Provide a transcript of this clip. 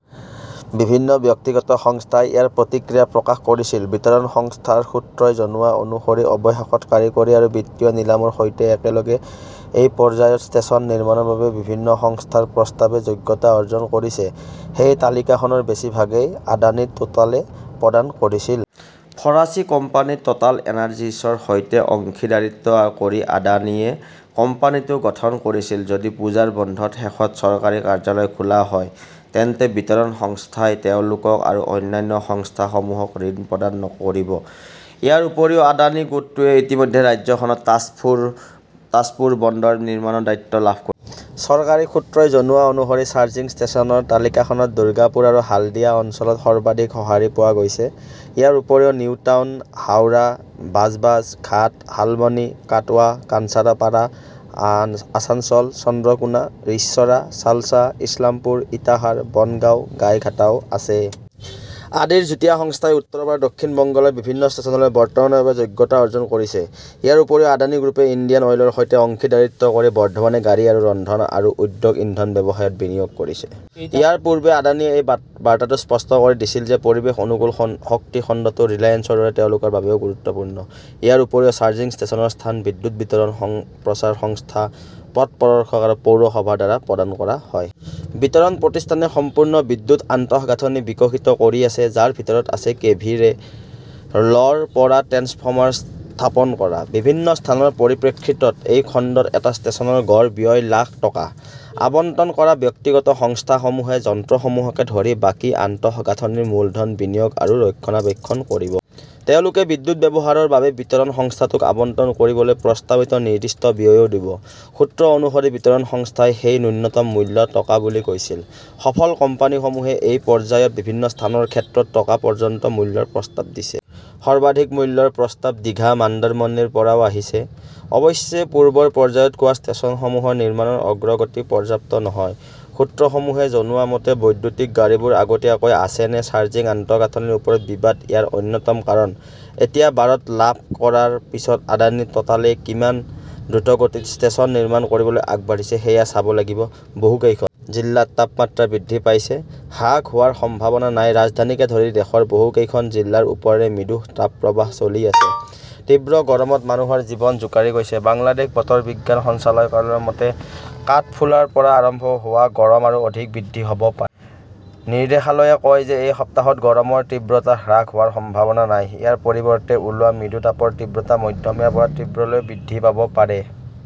বিভিন্ন ব্যক্তিগত সংস্থাই ইয়াৰ প্ৰতিক্ৰিয়া প্ৰকাশ কৰিছিল। বিতৰণ সংস্থাৰ সূত্ৰই জনোৱা অনুসৰি অৱশেষত কাৰিকৰী আৰু বিত্তীয় নিলামৰ সৈতে একেলগে এই পৰ্যায়ত ষ্টেচন নিৰ্মাণৰ বাবে বিভিন্ন সংস্থাৰ প্ৰস্তাৱে যোগ্যতা অৰ্জন কৰিছে। সেই তালিকাখনৰ বেছিভাগেই আদানী টোটালে প্ৰদান কৰিছিল। ফৰাচী কোম্পানী টোটাল এনাৰ্জিসৰ সৈতে অংশীদাৰীত্ব কৰি আদানীয়ে কোম্পানীটো গঠন কৰিছিল। যদি পূজাৰ বন্ধৰ শেষত চৰকাৰী কাৰ্যালয় খোলা হয়, তেন্তে বিতৰণ সংস্থাই তেওঁলোকক আৰু অন্যান্য সংস্থাসমূহক ঋণ প্ৰদান কৰিব। ইয়াৰ উপৰিও, আদানী গোটটোৱে ইতিমধ্যে ৰাজ্যখনত তাজপুৰ বন্দৰ নিৰ্মাণৰ দায়িত্ব লাভ কৰিছে। চৰকাৰী সূত্ৰই জনোৱা অনুসৰি চাৰ্জিং ষ্টেচনৰ তালিকাখনত দুৰ্গাপুৰ আৰু হালদিয়া অঞ্চলত সৰ্বাধিক সঁহাৰি পোৱা গৈছে। ইয়াৰ উপৰিও নিউটাউন, হাওৰা, বাজবাজ, ঘাট, শালবনী, কাটৱা, কাঞ্চৰাপাড়া, আছানসল, চন্দ্ৰকোনা, ৰিশ্বৰা, চালছা, ইছলামপুৰ, ইটাহাৰ, বনগাঁও, গাইঘাটাও আছে। আদিৰ যুটীয়া সংস্থাই উত্তৰৰ পৰা দক্ষিণ বংগলৈ বিভিন্ন ষ্টেচনলৈ বৰ্তমানৰ বাবে যোগ্যতা অৰ্জন কৰিছে। ইয়াৰ উপৰিও, আদানী গ্ৰুপে ইণ্ডিয়ান অইলৰ সৈতে অংশীদাৰীত্ব কৰি বৰ্ধমানে গাড়ী আৰু ৰন্ধন আৰু উদ্যোগ ইন্ধন ব্যৱসায়ত বিনিয়োগ কৰিছে। ইয়াৰ পূৰ্বে আদানীয়ে এই বাৰ্তাটো স্পষ্ট কৰি দিছিল যে পৰিৱেশ অনুকূল শক্তি খণ্ডটো ৰিলায়েন্সৰ দৰে তেওঁলোকৰ বাবেও গুৰুত্বপূৰ্ণ। ইয়াৰ উপৰিও, চাৰ্জিং ষ্টেচনৰ স্থান বিদ্যুৎ বিতৰণ, সম্প্ৰচাৰ সংস্থা, পথ প্ৰদৰ্শক আৰু পৌৰসভাৰ দ্বাৰা প্ৰদান কৰা হয়। বিতৰণ প্ৰতিষ্ঠানে সম্পূৰ্ণ বিদ্যুৎ আন্তঃগাঁথনি বিকশিত কৰি আছে, যাৰ ভিতৰত আছে কেভি ৰে'লৰ পৰা ট্ৰেন্সফৰ্মাৰ স্থাপন কৰা। বিভিন্ন স্থানৰ পৰিপ্ৰেক্ষিতত এই খণ্ডত এটা ষ্টেচনৰ গড় ব্যয় লাখ টকা। আবণ্টন কৰা ব্যক্তিগত সংস্থাসমূহে যন্ত্ৰসমূহকে ধৰি বাকী আন্তঃগাঁথনিৰ মূলধন বিনিয়োগ আৰু ৰক্ষণাবেক্ষণ কৰিব। তেওঁলোকে বিদ্যুৎ ব্যৱহাৰৰ বাবে বিতৰণ সংস্থাটোক আবণ্টন কৰিবলৈ প্ৰস্তাৱিত নিৰ্দিষ্ট ব্যয়ও দিব। সূত্ৰ অনুসৰি, বিতৰণ সংস্থাই সেই ন্যূনতম মূল্য টকা বুলি কৈছিল। সফল কোম্পানীসমূহে এই পৰ্যায়ত বিভিন্ন স্থানৰ ক্ষেত্ৰত টকা পৰ্যন্ত মূল্যৰ প্ৰস্তাৱ দিছে। সৰ্বাধিক মূল্যৰ প্ৰস্তাৱ ডিঘা-মাণ্ডৰমনীৰ পৰাও আহিছে। অৱশ্যে পূৰ্বৰ পৰ্যায়ত কোৱা ষ্টেচনসমূহৰ নিৰ্মাণৰ অগ্ৰগতি পৰ্যাপ্ত নহয়। সূত্ৰসমূহে জনোৱা মতে, বৈদ্যুতিক গাড়ীবোৰ আগতীয়াকৈ আছে নে চাৰ্জিং আন্তঃগাঁথনিৰ ওপৰত বিবাদ ইয়াৰ অন্যতম কাৰণ। এতিয়া বাৰত লাভ কৰাৰ পিছত আদানী টোটালে কিমান দ্ৰুতগতিত ষ্টেচন নিৰ্মাণ কৰিবলৈ আগবাঢ়িছে সেয়া চাব লাগিব। বহুকেইখন জিলাত তাপমাত্ৰা বৃদ্ধি পাইছে, হ্ৰাস হোৱাৰ সম্ভাৱনা নাই ৰাজধানীকে ধৰি দেশৰ বহুকেইখন জিলাৰ ওপৰেৰে মৃদু তাপপ্ৰবাহ চলি আছে। তীব্ৰ গৰমত মানুহৰ জীৱন জোকাৰি গৈছে। বাংলাদেশ বতৰ বিজ্ঞান সঞ্চালকালয়ৰ মতে, কাঠফুলাৰ পৰা আৰম্ভ হোৱা গৰম আৰু অধিক বৃদ্ধি হʼব পাৰে। নিৰ্দেশালয়ে কয় যে এই সপ্তাহত গৰমৰ তীব্ৰতা হ্ৰাস হোৱাৰ সম্ভাৱনা নাই। ইয়াৰ পৰিৱৰ্তে, ওলোৱা মৃদু তাপৰ তীব্ৰতা মধ্যমীয়াৰ পৰা তীব্ৰলৈ বৃদ্ধি পাব পাৰে।